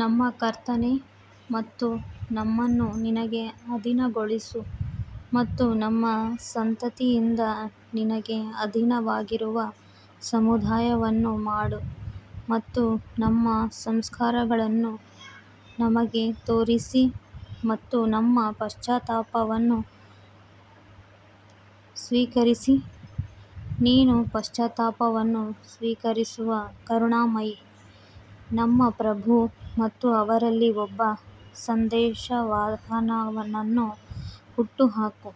ನಮ್ಮ ಕರ್ತನೇ ಮತ್ತು ನಮ್ಮನ್ನು ನಿನಗೆ ಅಧೀನಗೊಳಿಸು ಮತ್ತು ನಮ್ಮ ಸಂತತಿಯಿಂದ ನಿನಗೆ ಅಧೀನವಾಗಿರುವ ಸಮುದಾಯವನ್ನು ಮಾಡು ಮತ್ತು ನಮ್ಮ ಸಂಸ್ಕಾರಗಳನ್ನು ನಮಗೆ ತೋರಿಸಿ ಮತ್ತು ನಮ್ಮ ಪಶ್ಚಾತ್ತಾಪವನ್ನು ಸ್ವೀಕರಿಸಿ ನೀನು ಪಶ್ಚಾತ್ತಾಪವನ್ನು ಸ್ವೀಕರಿಸುವ ಕರುಣಾಮಯಿ ನಮ್ಮ ಪ್ರಭು ಮತ್ತು ಅವರಲ್ಲಿ ಒಬ್ಬ ಸಂದೇಶವಾಹಕನನ್ನು ಹುಟ್ಟುಹಾಕು,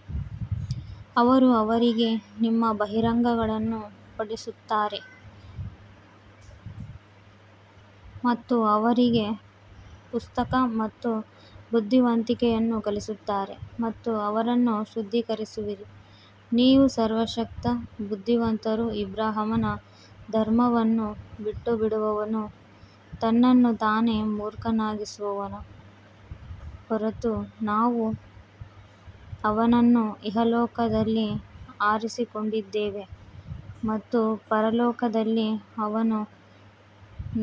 ಅವರು ಅವರಿಗೆ ನಿಮ್ಮ ಬಹಿರಂಗಗಳನ್ನು ಪಠಿಸುತ್ತಾರೆ ಮತ್ತು ಅವರಿಗೆ ಪುಸ್ತಕ ಮತ್ತು ಬುದ್ಧಿವಂತಿಕೆಯನ್ನು ಕಲಿಸುತ್ತಾರೆ ಮತ್ತು ಅವರನ್ನು ಶುದ್ಧೀಕರಿಸುವಿರಿ, ನೀವು ಸರ್ವಶಕ್ತ ಬುದ್ಧಿವಂತರು ಅಬ್ರಹಾಮನ ಧರ್ಮವನ್ನು ಬಿಟ್ಟುಬಿಡುವವನು ತನ್ನನ್ನು ತಾನೇ ಮೂರ್ಖನಾಗಿಸುವವನ ಹೊರತು ನಾವು ಅವನನ್ನು ಇಹಲೋಕದಲ್ಲಿ ಆರಿಸಿಕೊಂಡಿದ್ದೇವೆ ಮತ್ತು ಪರಲೋಕದಲ್ಲಿ ಅವನು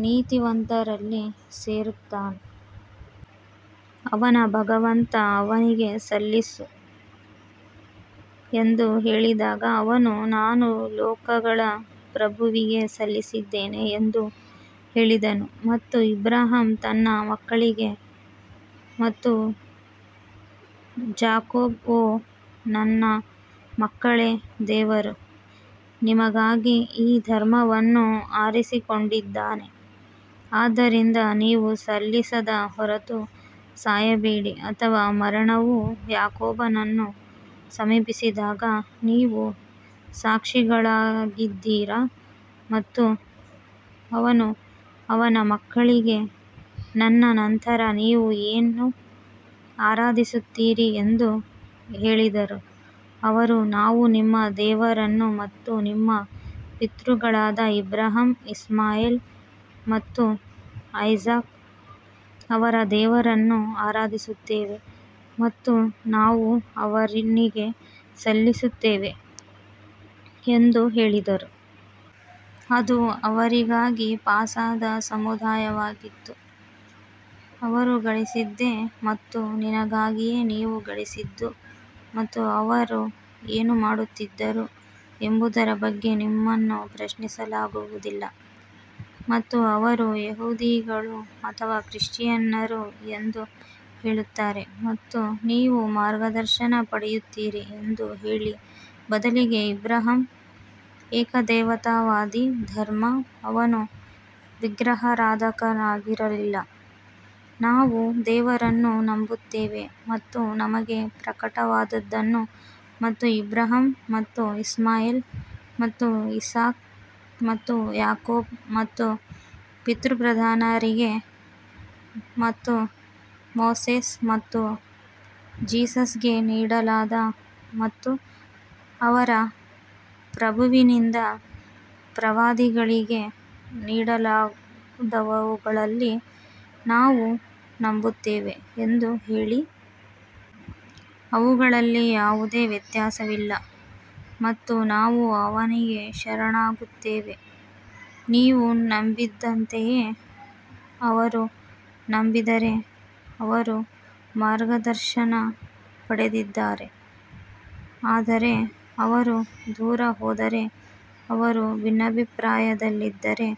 ನೀತಿವಂತರಲ್ಲಿ ಸೇರುತ್ತಾನೆ. ಅವನ ಭಗವಂತ ಅವನಿಗೆ ಸಲ್ಲಿಸು ಎಂದು ಹೇಳಿದಾಗ ಅವನು ನಾನು ಲೋಕಗಳ ಪ್ರಭುವಿಗೆ ಸಲ್ಲಿಸಿದ್ದೇನೆ ಎಂದು ಹೇಳಿದನು ಮತ್ತು ಅಬ್ರಹಾಂ ತನ್ನ ಮಕ್ಕಳಿಗೆ ಮತ್ತು ಜಾಕೋಬ್ ಓ ನನ್ನ ಮಕ್ಕಳೇ ದೇವರು ನಿಮಗಾಗಿ ಈ ಧರ್ಮವನ್ನು ಆರಿಸಿಕೊಂಡಿದ್ದಾನೆ ಆದ್ದರಿಂದ ನೀವು ಸಲ್ಲಿಸದ ಹೊರತು ಸಾಯಬೇಡಿ ಅಥವಾ ಮರಣವು ಯಾಕೋಬನನ್ನು ಸಮೀಪಿಸಿದಾಗ ನೀವು ಸಾಕ್ಷಿಗಳಾಗಿದ್ದೀರಾ ಮತ್ತು ಅವನು ಅವನ ಮಕ್ಕಳಿಗೆ ನನ್ನ ನಂತರ ನೀವು ಏನು ಆರಾಧಿಸುತ್ತೀರಿ ಎಂದು ಹೇಳಿದರು ಅವರು ನಾವು ನಿಮ್ಮ ದೇವರನ್ನು ಮತ್ತು ನಿಮ್ಮ ಪಿತೃಗಳಾದ ಅಬ್ರಹಾಂ ಇಸ್ಮಾಯೆಲ್ ಮತ್ತು ಐಸಾಕ್ ಅವರ ದೇವರನ್ನು ಆರಾಧಿಸುತ್ತೇವೆ ಮತ್ತು ನಾವು ಅವನಿಗೆ ಸಲ್ಲಿಸುತ್ತೇವೆ ಎಂದು ಹೇಳಿದರು. ಅದು ಅವರಿಗಾಗಿ ಪಾಸಾದ ಸಮುದಾಯವಾಗಿತ್ತು ಅವರು ಗಳಿಸಿದ್ದೇ ಮತ್ತು ನಿನಗಾಗಿಯೇ ನೀವು ಗಳಿಸಿದ್ದು ಮತ್ತು ಅವರು ಏನು ಮಾಡುತ್ತಿದ್ದರು ಎಂಬುದರ ಬಗ್ಗೆ ನಿಮ್ಮನ್ನು ಪ್ರಶ್ನಿಸಲಾಗುವುದಿಲ್ಲ. ಮತ್ತು ಅವರು ಯಹೂದಿಗಳು ಅಥವಾ ಕ್ರಿಶ್ಚಿಯನ್ನರು ಎಂದು ಹೇಳುತ್ತಾರೆ ಮತ್ತು ನೀವು ಮಾರ್ಗದರ್ಶನ ಪಡೆಯುತ್ತೀರಿ ಎಂದು ಹೇಳಿ ಬದಲಿಗೆ ಅಬ್ರಹಾಂ ಏಕದೇವತಾವಾದಿ ಧರ್ಮ ಅವನು ವಿಗ್ರಹಾರಾಧಕನಾಗಿರಲಿಲ್ಲ ನಾವು ದೇವರನ್ನು ನಂಬುತ್ತೇವೆ ಮತ್ತು ನಮಗೆ ಪ್ರಕಟವಾದದ್ದನ್ನು ಮತ್ತು ಅಬ್ರಹಾಂ ಮತ್ತು ಇಸ್ಮಾಯೆಲ್ ಮತ್ತು ಇಸಾಕ್ ಮತ್ತು ಯಾಕೋಬ್ ಮತ್ತು ಪಿತೃಪ್ರಧಾನರಿಗೆ ಮತ್ತು ಮೋಸೆಸ್ ಮತ್ತು ಜೀಸಸ್ಗೆ ನೀಡಲಾದ ಮತ್ತು ಅವರ ಪ್ರಭುವಿನಿಂದ ಪ್ರವಾದಿಗಳಿಗೆ ನೀಡಲಾದವುಗಳಲ್ಲಿ ನಾವು ನಂಬುತ್ತೇವೆ ಎಂದು ಹೇಳಿ. ಅವುಗಳಲ್ಲಿ ಯಾವುದೇ ವ್ಯತ್ಯಾಸವಿಲ್ಲ ಮತ್ತು ನಾವು ಅವನಿಗೆ ಶರಣಾಗುತ್ತೇವೆ ನೀವು ನಂಬಿದಂತೆಯೇ ಅವರು ನಂಬಿದರೆ ಅವರು ಮಾರ್ಗದರ್ಶನ ಪಡೆದಿದ್ದಾರೆ ಆದರೆ ಅವರು ದೂರ ಹೋದರೆ ಅವರು ಭಿನ್ನಾಭಿಪ್ರಾಯದಲ್ಲಿದ್ದರೆ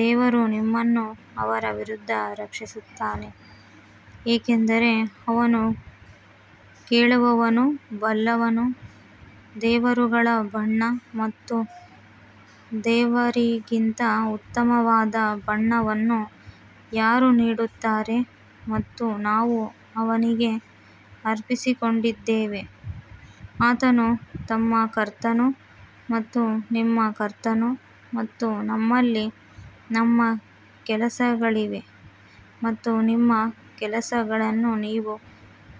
ದೇವರು ನಿಮ್ಮನ್ನು ಅವರ ವಿರುದ್ಧ ರಕ್ಷಿಸುತ್ತಾನೆ ಏಕೆಂದರೆ ಅವನು ಕೇಳುವವನು ಬಲ್ಲವನು ದೇವರುಗಳ ಬಣ್ಣ ಮತ್ತು ದೇವರಿಗಿಂತ ಉತ್ತಮವಾದ ಬಣ್ಣವನ್ನು ಯಾರು ನೀಡುತ್ತಾರೆ ಮತ್ತು ನಾವು ಅವನಿಗೆ ಅರ್ಪಿಸಿಕೊಂಡಿದ್ದೇವೆ ಆತನು ನಮ್ಮ ಕರ್ತನು ಮತ್ತು ನಿಮ್ಮ ಕರ್ತನು ಮತ್ತು ನಮ್ಮಲ್ಲಿ ನಮ್ಮ ಕೆಲಸಗಳಿವೆ ಮತ್ತು ನಿಮ್ಮ ಕೆಲಸಗಳನ್ನು ನೀವು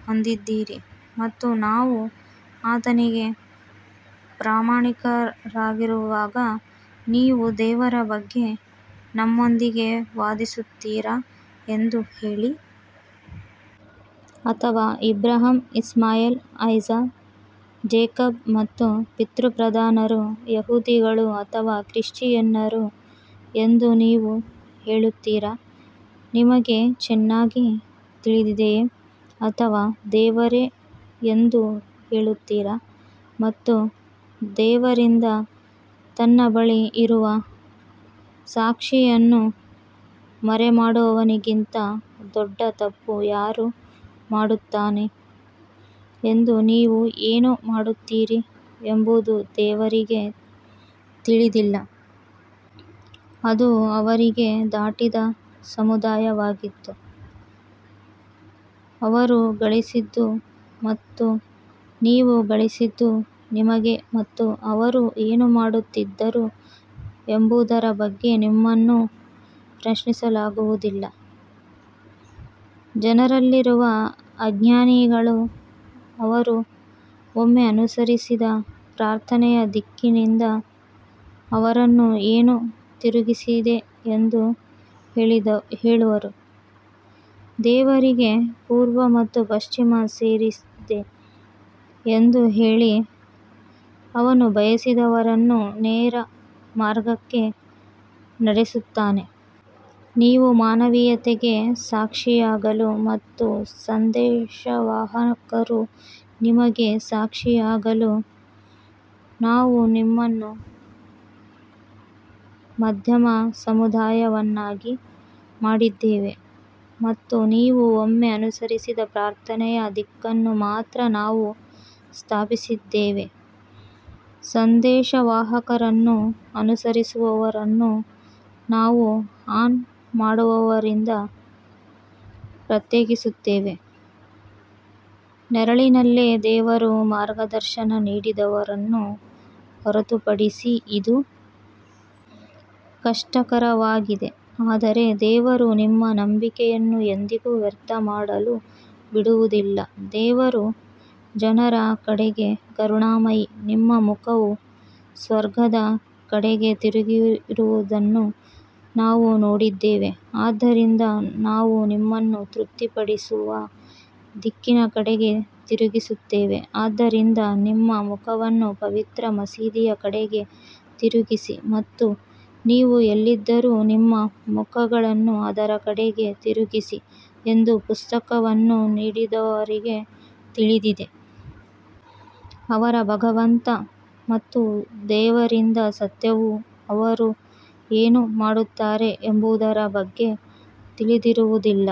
ಹೊಂದಿದ್ದೀರಿ ಮತ್ತು ನಾವು ಆತನಿಗೆ ಪ್ರಾಮಾಣಿಕರಾಗಿರುವಾಗ ನೀವು ದೇವರ ಬಗ್ಗೆ ನಮ್ಮೊಂದಿಗೆ ವಾದಿಸುತ್ತೀರಾ ಎಂದು ಹೇಳಿ. ಅಥವಾ ಅಬ್ರಹಾಂ ಇಸ್ಮಾಯೆಲ್ ಐಸಾಕ್ ಜೇಕಬ್ ಮತ್ತು ಪಿತೃಪ್ರಧಾನರು ಯಹೂದಿಗಳು ಅಥವಾ ಕ್ರಿಶ್ಚಿಯನ್ನರು ಎಂದು ನೀವು ಹೇಳುತ್ತೀರಾ, ನಿಮಗೆ ಚೆನ್ನಾಗಿ ತಿಳಿದಿದೆಯೇ ಅಥವಾ ದೇವರೇ ಎಂದು ಹೇಳುತ್ತೀರಾ ಮತ್ತು ದೇವರಿಂದ ತನ್ನ ಬಳಿ ಇರುವ ಸಾಕ್ಷಿಯನ್ನು ಮರೆಮಾಡುವವನಿಗಿಂತ ದೊಡ್ಡ ತಪ್ಪು ಯಾರು ಮಾಡುತ್ತಾನೆ ಎಂದು ನೀವು ಏನು ಮಾಡುತ್ತೀರಿ ಎಂಬುದು ದೇವರಿಗೆ ತಿಳಿದಿಲ್ಲ. ಅದು ಅವರಿಗೆ ದಾಟಿದ ಸಮುದಾಯವಾಗಿತ್ತು ಅವರು ಗಳಿಸಿದ್ದು ಮತ್ತು ನೀವು ಗಳಿಸಿದ್ದು ನಿಮಗೆ ಮತ್ತು ಅವರು ಏನು ಮಾಡುತ್ತಿದ್ದರು ಎಂಬುದರ ಬಗ್ಗೆ ನಿಮ್ಮನ್ನು ಪ್ರಶ್ನಿಸಲಾಗುವುದಿಲ್ಲ. ಜನರಲ್ಲಿರುವ ಅಜ್ಞಾನಿಗಳು ಅವರು ಒಮ್ಮೆ ಅನುಸರಿಸಿದ ಪ್ರಾರ್ಥನೆಯ ದಿಕ್ಕಿನಿಂದ ಅವರನ್ನು ಏನು ತಿರುಗಿಸಿದೆ ಎಂದು ಹೇಳುವರು, ದೇವರಿಗೆ ಪೂರ್ವ ಮತ್ತು ಪಶ್ಚಿಮ ಸೇರಿದೆ ಎಂದು ಹೇಳಿ ಅವನು ಬಯಸಿದವರನ್ನು ನೇರ ಮಾರ್ಗಕ್ಕೆ ನಡೆಸುತ್ತಾನೆ. ನೀವು ಮಾನವೀಯತೆಗೆ ಸಾಕ್ಷಿಯಾಗಲು ಮತ್ತು ಸಂದೇಶವಾಹಕರು ನಿಮಗೆ ಸಾಕ್ಷಿಯಾಗಲು ನಾವು ನಿಮ್ಮನ್ನು ಮಧ್ಯಮ ಸಮುದಾಯವನ್ನಾಗಿ ಮಾಡಿದ್ದೇವೆ ಮತ್ತು ನೀವು ಒಮ್ಮೆ ಅನುಸರಿಸಿದ ಪ್ರಾರ್ಥನೆಯ ದಿಕ್ಕನ್ನು ಮಾತ್ರ ನಾವು ಸ್ಥಾಪಿಸಿದ್ದೇವೆ, ಸಂದೇಶವಾಹಕರನ್ನು ಅನುಸರಿಸುವವರನ್ನು ನಾವು ಆನ್ ಮಾಡುವವರಿಂದ ಪ್ರತ್ಯೇಕಿಸುತ್ತೇವೆ. ನೆರಳಿನಲ್ಲೇ ದೇವರು ಮಾರ್ಗದರ್ಶನ ನೀಡಿದವರನ್ನು ಹೊರತುಪಡಿಸಿ ಇದು ಕಷ್ಟಕರವಾಗಿದೆ ಆದರೆ ದೇವರು ನಿಮ್ಮ ನಂಬಿಕೆಯನ್ನು ಎಂದಿಗೂ ವ್ಯರ್ಥ ಮಾಡಲು ಬಿಡುವುದಿಲ್ಲ ದೇವರು ಜನರ ಕಡೆಗೆ ಕರುಣಾಮಯಿ ನಿಮ್ಮ ಮುಖವು ಸ್ವರ್ಗದ ಕಡೆಗೆ ತಿರುಗಿರುವುದನ್ನು ನಾವು ನೋಡಿದ್ದೇವೆ ಆದ್ದರಿಂದ ನಾವು ನಿಮ್ಮನ್ನು ತೃಪ್ತಿಪಡಿಸುವ ದಿಕ್ಕಿನ ಕಡೆಗೆ ತಿರುಗಿಸುತ್ತೇವೆ ಆದ್ದರಿಂದ ನಿಮ್ಮ ಮುಖವನ್ನು ಪವಿತ್ರ ಮಸೀದಿಯ ಕಡೆಗೆ ತಿರುಗಿಸಿ ಮತ್ತು ನೀವು ಎಲ್ಲಿದ್ದರೂ ನಿಮ್ಮ ಮುಖಗಳನ್ನು ಅದರ ಕಡೆಗೆ ತಿರುಗಿಸಿ ಎಂದು ಪುಸ್ತಕವನ್ನು ನೀಡಿದವರಿಗೆ ತಿಳಿದಿದೆ. ಅವರ ಭಗವಂತ ಮತ್ತು ದೇವರಿಂದ ಸತ್ಯವು ಅವರು ಏನು ಮಾಡುತ್ತಾರೆ ಎಂಬುದರ ಬಗ್ಗೆ ತಿಳಿದಿರುವುದಿಲ್ಲ.